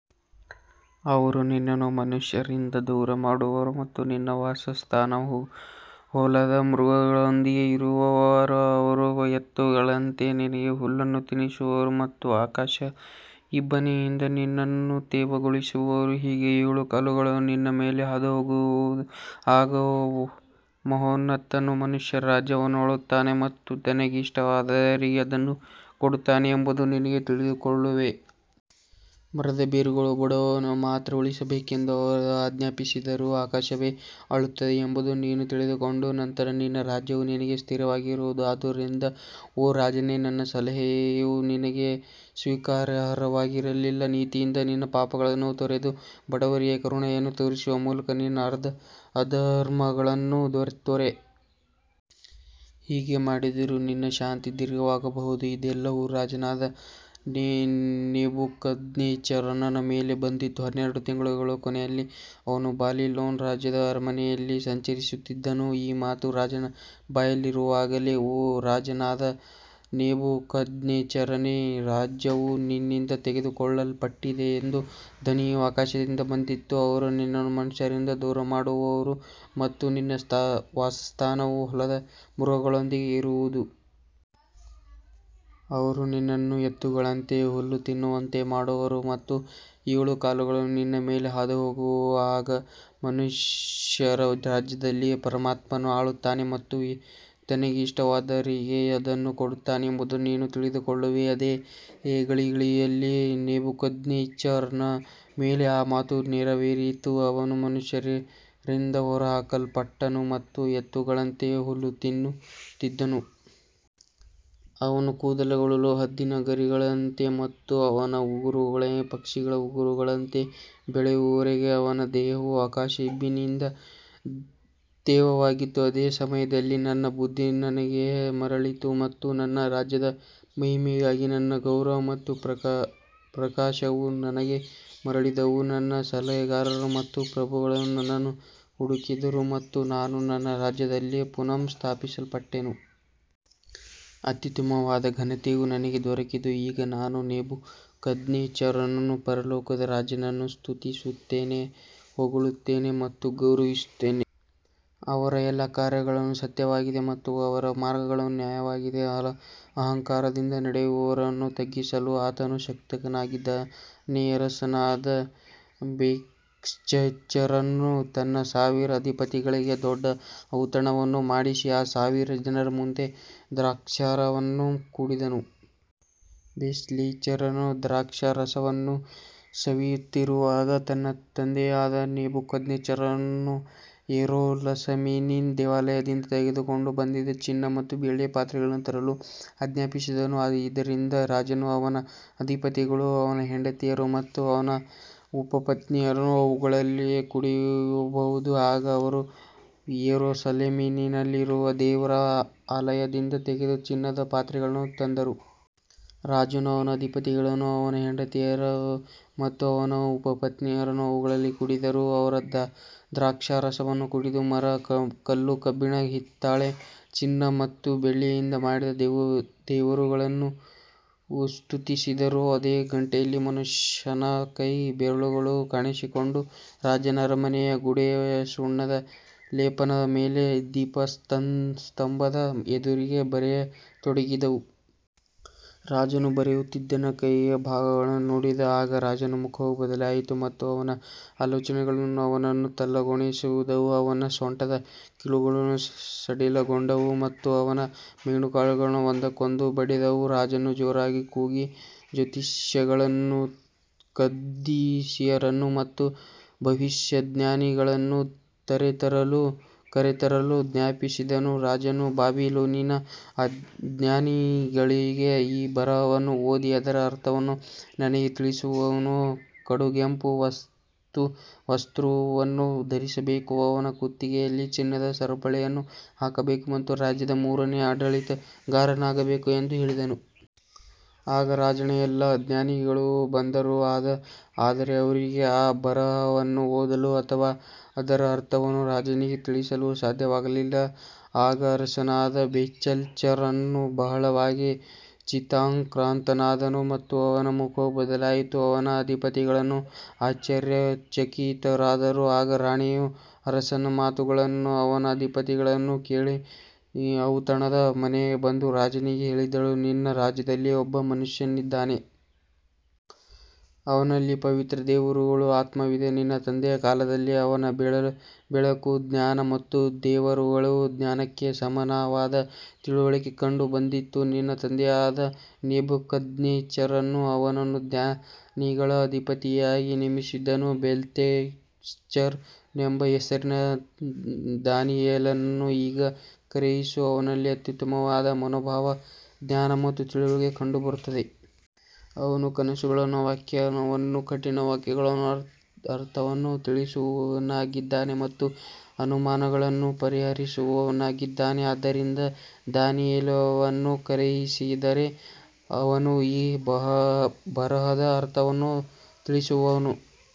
ಅವರು ನಿನ್ನನ್ನು ಮನುಷ್ಯರಿಂದ ದೂರಮಾಡುವರು ಮತ್ತು ನಿನ್ನ ವಾಸಸ್ಥಾನವು ಹೊಲದ ಮೃಗಗಳೊಂದಿಗೆ ಇರುವದು. ಅವರು ಎತ್ತುಗಳಂತೆ ನಿನಗೆ ಹುಲ್ಲನ್ನು ತಿನ್ನಿಸುವರು ಮತ್ತು ಆಕಾಶದ ಇಬ್ಬನಿಯಿಂದ ನಿನ್ನನ್ನು ತೇವಗೊಳಿಸುವರು. ಹೀಗೆ ಏಳು ಕಾಲಗಳು ನಿನ್ನ ಮೇಲೆ ಹಾದುಹೋಗುವವು, ಆಗ ಮಹೋನ್ನತನು ಮನುಷ್ಯರ ರಾಜ್ಯವನ್ನು ಆಳುತ್ತಾನೆ ಮತ್ತು ತನಗೆ ಇಷ್ಟವಾದವರಿಗೆ ಅದನ್ನು ಕೊಡುತ್ತಾನೆ ಎಂಬುದನ್ನು ನೀನು ತಿಳಿದುಕೊಳ್ಳುವೆ. ಮರದ ಬೇರುಗಳ ಬುಡವನ್ನು ಮಾತ್ರ ಉಳಿಸಬೇಕೆಂದು ಅವರು ಆಜ್ಞಾಪಿಸಿದರೂ, ಆಕಾಶವೇ ಆಳುತ್ತದೆ ಎಂಬುದನ್ನು ನೀನು ತಿಳಿದುಕೊಂಡ ನಂತರ ನಿನ್ನ ರಾಜ್ಯವು ನಿನಗೆ ಸ್ಥಿರವಾಗಿರುವದು. ಆದುದರಿಂದ ಓ ರಾಜನೇ, ನನ್ನ ಸಲಹೆಯು ನಿನಗೆ ಸ್ವೀಕಾರಾರ್ಹವಾಗಿರಲಿ. ನೀತಿಯಿಂದ ನಿನ್ನ ಪಾಪಗಳನ್ನು ತೊರೆದು, ಬಡವರಿಗೆ ಕರುಣೆಯನ್ನು ತೋರಿಸುವ ಮೂಲಕ ನಿನ್ನ ಅಧರ್ಮಗಳನ್ನು ತೊರೆ. ಹೀಗೆ ಮಾಡಿದರೆ ನಿನ್ನ ಶಾಂತಿ ದೀರ್ಘವಾಗಬಹುದು. ಇದೆಲ್ಲವೂ ರಾಜನಾದ ನೆಬೂಕದ್ನೆಚ್ಚರನ ಮೇಲೆ ಬಂದಿತು. ಹನ್ನೆರಡು ತಿಂಗಳುಗಳ ಕೊನೆಯಲ್ಲಿ ಅವನು ಬಾಬಿಲೋನ್ ರಾಜ್ಯದ ಅರಮನೆಯಲ್ಲಿ ಸಂಚರಿಸುತ್ತಿದ್ದನು. ಈ ಮಾತು ರಾಜನ ಬಾಯಲ್ಲಿರುವಾಗಲೇ, ಓ ರಾಜನಾದ ನೆಬೂಕದ್ನೆಚ್ಚರನೇ, ರಾಜ್ಯವು ನಿನ್ನಿಂದ ತೆಗೆದುಕೊಳ್ಳಲ್ಪಟ್ಟಿದೆ ಎಂಬ ಧ್ವನಿಯು ಆಕಾಶದಿಂದ ಬಂದಿತು. ಅವರು ನಿನ್ನನ್ನು ಮನುಷ್ಯರಿಂದ ದೂರಮಾಡುವರು ಮತ್ತು ನಿನ್ನ ವಾಸಸ್ಥಾನವು ಹೊಲದ ಮೃಗಗಳೊಂದಿಗೆ ಇರುವದು. ಅವರು ನಿನ್ನನ್ನು ಎತ್ತುಗಳಂತೆ ಹುಲ್ಲು ತಿನ್ನುವಂತೆ ಮಾಡುವರು ಮತ್ತು ಏಳು ಕಾಲಗಳು ನಿನ್ನ ಮೇಲೆ ಹಾದುಹೋಗುವವು. ಆಗ ಮನುಷ್ಯರ ರಾಜ್ಯದಲ್ಲಿ ಪರಮಾತ್ಮನು ಆಳುತ್ತಾನೆ ಮತ್ತು ತನಗೆ ಇಷ್ಟವಾದವರಿಗೆ ಅದನ್ನು ಕೊಡುತ್ತಾನೆ ಎಂಬುದನ್ನು ನೀನು ತಿಳಿದುಕೊಳ್ಳುವೆ. ಅದೇ ಗಳಿಗೆಯಲ್ಲಿ ನೆಬೂಕದ್ನೆಚ್ಚರನ ಮೇಲೆ ಆ ಮಾತು ನೆರವೇರಿತು. ಅವನು ಮನುಷ್ಯರಿಂದ ಹೊರಹಾಕಲ್ಪಟ್ಟನು ಮತ್ತು ಎತ್ತುಗಳಂತೆ ಹುಲ್ಲು ತಿನ್ನುತ್ತಿದ್ದನು. ಅವನ ಕೂದಲುಗಳು ಹದ್ದಿನ ಗರಿಗಳಂತೆ ಮತ್ತು ಅವನ ಉಗುರುಗಳು ಪಕ್ಷಿಗಳ ಉಗುರುಗಳಂತೆ ಬೆಳೆಯುವವರೆಗೆ ಅವನ ದೇಹವು ಆಕಾಶದ ಇಬ್ಬನಿಯಿಂದ ತೇವವಾಗಿತ್ತು. ಅದೇ ಸಮಯದಲ್ಲಿ ನನ್ನ ಬುದ್ಧಿ ನನಗೆ ಮರಳಿತು ಮತ್ತು ನನ್ನ ರಾಜ್ಯದ ಮಹಿಮೆಗಾಗಿ ನನ್ನ ಗೌರವ ಮತ್ತು ಪ್ರಕಾಶವೂ ನನಗೆ ಮರಳಿದವು. ನನ್ನ ಸಲಹೆಗಾರರು ಮತ್ತು ಪ್ರಭುಗಳು ನನ್ನನ್ನು ಹುಡುಕಿದರು ಮತ್ತು ನಾನು ನನ್ನ ರಾಜ್ಯದಲ್ಲಿ ಪುನಃ ಸ್ಥಾಪಿಸಲ್ಪಟ್ಟೆನು. ಅತ್ಯುತ್ತಮವಾದ ಘನತೆಯೂ ನನಗೆ ದೊರಕಿತು. ಈಗ ನಾನು ನೆಬೂಕದ್ನೆಚ್ಚರನು ಪರಲೋಕದ ರಾಜನನ್ನು ಸ್ತುತಿಸುತ್ತೇನೆ, ಹೊಗಳುತ್ತೇನೆ ಮತ್ತು ಗೌರವಿಸುತ್ತೇನೆ. ಅವರ ಎಲ್ಲಾ ಕಾರ್ಯಗಳು ಸತ್ಯವಾಗಿವೆ ಮತ್ತು ಅವರ ಮಾರ್ಗಗಳು ನ್ಯಾಯವಾಗಿವೆ. ಅಹಂಕಾರದಿಂದ ನಡೆಯುವವರನ್ನು ತಗ್ಗಿಸಲು ಆತನು ಶಕ್ತನಾಗಿದ್ದಾನೆ. ಅರಸನಾದ ಬೇಲ್ಶಚ್ಚರನು ತನ್ನ ಸಾವಿರ ಅಧಿಪತಿಗಳಿಗೆ ದೊಡ್ಡ ಔತಣವನ್ನು ಮಾಡಿಸಿ, ಆ ಸಾವಿರ ಜನರ ಮುಂದೆ ದ್ರಾಕ್ಷಾರಸವನ್ನು ಕುಡಿದನು. ಬೇಲ್ಶಚ್ಚರನು ದ್ರಾಕ್ಷಾರಸವನ್ನು ಸವಿಯುತ್ತಿರುವಾಗ, ತನ್ನ ತಂದೆಯಾದ ನೆಬೂಕದ್ನೆಚ್ಚರನು ಯೆರೂಸಲೇಮಿನ ದೇವಾಲಯದಿಂದ ತೆಗೆದುಕೊಂಡು ಬಂದಿದ್ದ ಚಿನ್ನ ಮತ್ತು ಬೆಳ್ಳಿಯ ಪಾತ್ರೆಗಳನ್ನು ತರಲು ಆಜ್ಞಾಪಿಸಿದನು, ಇದರಿಂದ ರಾಜನು, ಅವನ ಅಧಿಪತಿಗಳು, ಅವನ ಹೆಂಡತಿಯರು ಮತ್ತು ಅವನ ಉಪಪತ್ನಿಯರು ಅವುಗಳಲ್ಲಿ ಕುಡಿಯಬಹುದು. ಆಗ ಅವರು ಯೆರೂಸಲೇಮಿನಲ್ಲಿರುವ ದೇವರ ಆಲಯದಿಂದ ತೆಗೆದ ಚಿನ್ನದ ಪಾತ್ರೆಗಳನ್ನು ತಂದರು. ರಾಜನು, ಅವನ ಅಧಿಪತಿಗಳು, ಅವನ ಹೆಂಡತಿಯರು ಮತ್ತು ಅವನ ಉಪಪತ್ನಿಯರು ಅವುಗಳಲ್ಲಿ ಕುಡಿದರು. ಅವರು ದ್ರಾಕ್ಷಾರಸವನ್ನು ಕುಡಿದು, ಮರ, ಕಲ್ಲು, ಕಬ್ಬಿಣ, ಹಿತ್ತಾಳೆ, ಚಿನ್ನ ಮತ್ತು ಬೆಳ್ಳಿಯಿಂದ ಮಾಡಿದ ದೇವರುಗಳನ್ನು ಸ್ತುತಿಸಿದರು. ಅದೇ ಗಂಟೆಯಲ್ಲಿ ಮನುಷ್ಯನ ಕೈಯ ಬೆರಳುಗಳು ಕಾಣಿಸಿಕೊಂಡು, ರಾಜನ ಅರಮನೆಯ ಗೋಡೆಯ ಸುಣ್ಣದ ಲೇಪನದ ಮೇಲೆ ದೀಪಸ್ತಂಭದ ಎದುರಿಗೆ ಬರೆಯತೊಡಗಿದವು. ರಾಜನು ಬರೆಯುತ್ತಿದ್ದ ಕೈಯ ಭಾಗವನ್ನು ನೋಡಿದನು. ಆಗ ರಾಜನ ಮುಖವು ಬದಲಾಯಿತು ಮತ್ತು ಅವನ ಆಲೋಚನೆಗಳು ಅವನನ್ನು ತಲ್ಲಣಗೊಳಿಸಿದವು. ಅವನ ಸೊಂಟದ ಕೀಲುಗಳು ಸಡಿಲಗೊಂಡವು ಮತ್ತು ಅವನ ಮೊಣಕಾಲುಗಳು ಒಂದಕ್ಕೊಂದು ಬಡಿದವು. ರಾಜನು ಜೋರಾಗಿ ಕೂಗಿ ಜ್ಯೋತಿಷಿಗಳನ್ನು, ಕಸ್ದೀಯರನ್ನು ಮತ್ತು ಭವಿಷ್ಯಜ್ಞಾನಿಗಳನ್ನು ಕರೆತರಲು ಆಜ್ಞಾಪಿಸಿದನು. ರಾಜನು ಬಾಬಿಲೋನಿನ ಜ್ಞಾನಿಗಳಿಗೆ, ಈ ಬರಹವನ್ನು ಓದಿ ಅದರ ಅರ್ಥವನ್ನು ನನಗೆ ತಿಳಿಸುವವನು ಕಡುಗೆಂಪು ವಸ್ತ್ರವನ್ನು ಧರಿಸಬೇಕು, ಅವನ ಕುತ್ತಿಗೆಯಲ್ಲಿ ಚಿನ್ನದ ಸರಪಳಿಯನ್ನು ಹಾಕಬೇಕು ಮತ್ತು ರಾಜ್ಯದಲ್ಲಿ ಮೂರನೆಯ ಆಡಳಿತಗಾರನಾಗಬೇಕು ಎಂದು ಹೇಳಿದನು. ಆಗ ರಾಜನ ಎಲ್ಲಾ ಜ್ಞಾನಿಗಳು ಬಂದರು, ಆದರೆ ಅವರಿಗೆ ಆ ಬರಹವನ್ನು ಓದಲು ಅಥವಾ ಅದರ ಅರ್ಥವನ್ನು ರಾಜನಿಗೆ ತಿಳಿಸಲು ಸಾಧ್ಯವಾಗಲಿಲ್ಲ. ಆಗ ಅರಸನಾದ ಬೇಲ್ಶಚ್ಚರನು ಬಹಳವಾಗಿ ಚಿಂತಾಕ್ರಾಂತನಾದನು ಮತ್ತು ಅವನ ಮುಖವು ಬದಲಾಯಿತು. ಅವನ ಅಧಿಪತಿಗಳೂ ಆಶ್ಚರ್ಯಚಕಿತರಾದರು. ಆಗ ರಾಣಿಯು ಅರಸನ ಮಾತುಗಳನ್ನೂ ಅವನ ಅಧಿಪತಿಗಳನ್ನೂ ಕೇಳಿ ಔತಣದ ಮನೆಗೆ ಬಂದು, ರಾಜನಿಗೆ ಹೇಳಿದಳು, ನಿನ್ನ ರಾಜ್ಯದಲ್ಲಿ ಒಬ್ಬ ಮನುಷ್ಯನಿದ್ದಾನೆ. ಅವನಲ್ಲಿ ಪವಿತ್ರ ದೇವರುಗಳ ಆತ್ಮವಿದೆ. ನಿನ್ನ ತಂದೆಯ ಕಾಲದಲ್ಲಿ ಅವನಲ್ಲಿ ಬೆಳಕು, ಜ್ಞಾನ ಮತ್ತು ದೇವರುಗಳ ಜ್ಞಾನಕ್ಕೆ ಸಮಾನವಾದ ತಿಳುವಳಿಕೆ ಕಂಡುಬಂದಿತ್ತು. ನಿನ್ನ ತಂದೆಯಾದ ನೆಬೂಕದ್ನೆಚ್ಚರನು ಅವನನ್ನು ಜ್ಞಾನಿಗಳ ಅಧಿಪತಿಯಾಗಿ ನೇಮಿಸಿದ್ದನು. ಬೆಲ್ತೆಶಚ್ಚರನೆಂಬ ಹೆಸರಿನ ದಾನಿಯೇಲನನ್ನು ಈಗ ಕರೆಯಿಸು. ಅವನಲ್ಲಿ ಅತ್ಯುತ್ತಮವಾದ ಮನೋಭಾವ, ಜ್ಞಾನ ಮತ್ತು ತಿಳುವಳಿಕೆ ಕಂಡುಬರುತ್ತವೆ. ಅವನು ಕನಸುಗಳ ವ್ಯಾಖ್ಯಾನವನ್ನೂ ಕಠಿಣ ವಾಕ್ಯಗಳ ಅರ್ಥವನ್ನೂ ತಿಳಿಸುವವನಾಗಿದ್ದಾನೆ ಮತ್ತು ಅನುಮಾನಗಳನ್ನು ಪರಿಹರಿಸುವವನಾಗಿದ್ದಾನೆ. ಆದ್ದರಿಂದ ದಾನಿಯೇಲನನ್ನು ಕರೆಯಿಸಿದರೆ ಅವನು ಈ ಬರಹದ ಅರ್ಥವನ್ನು ತಿಳಿಸುವನು.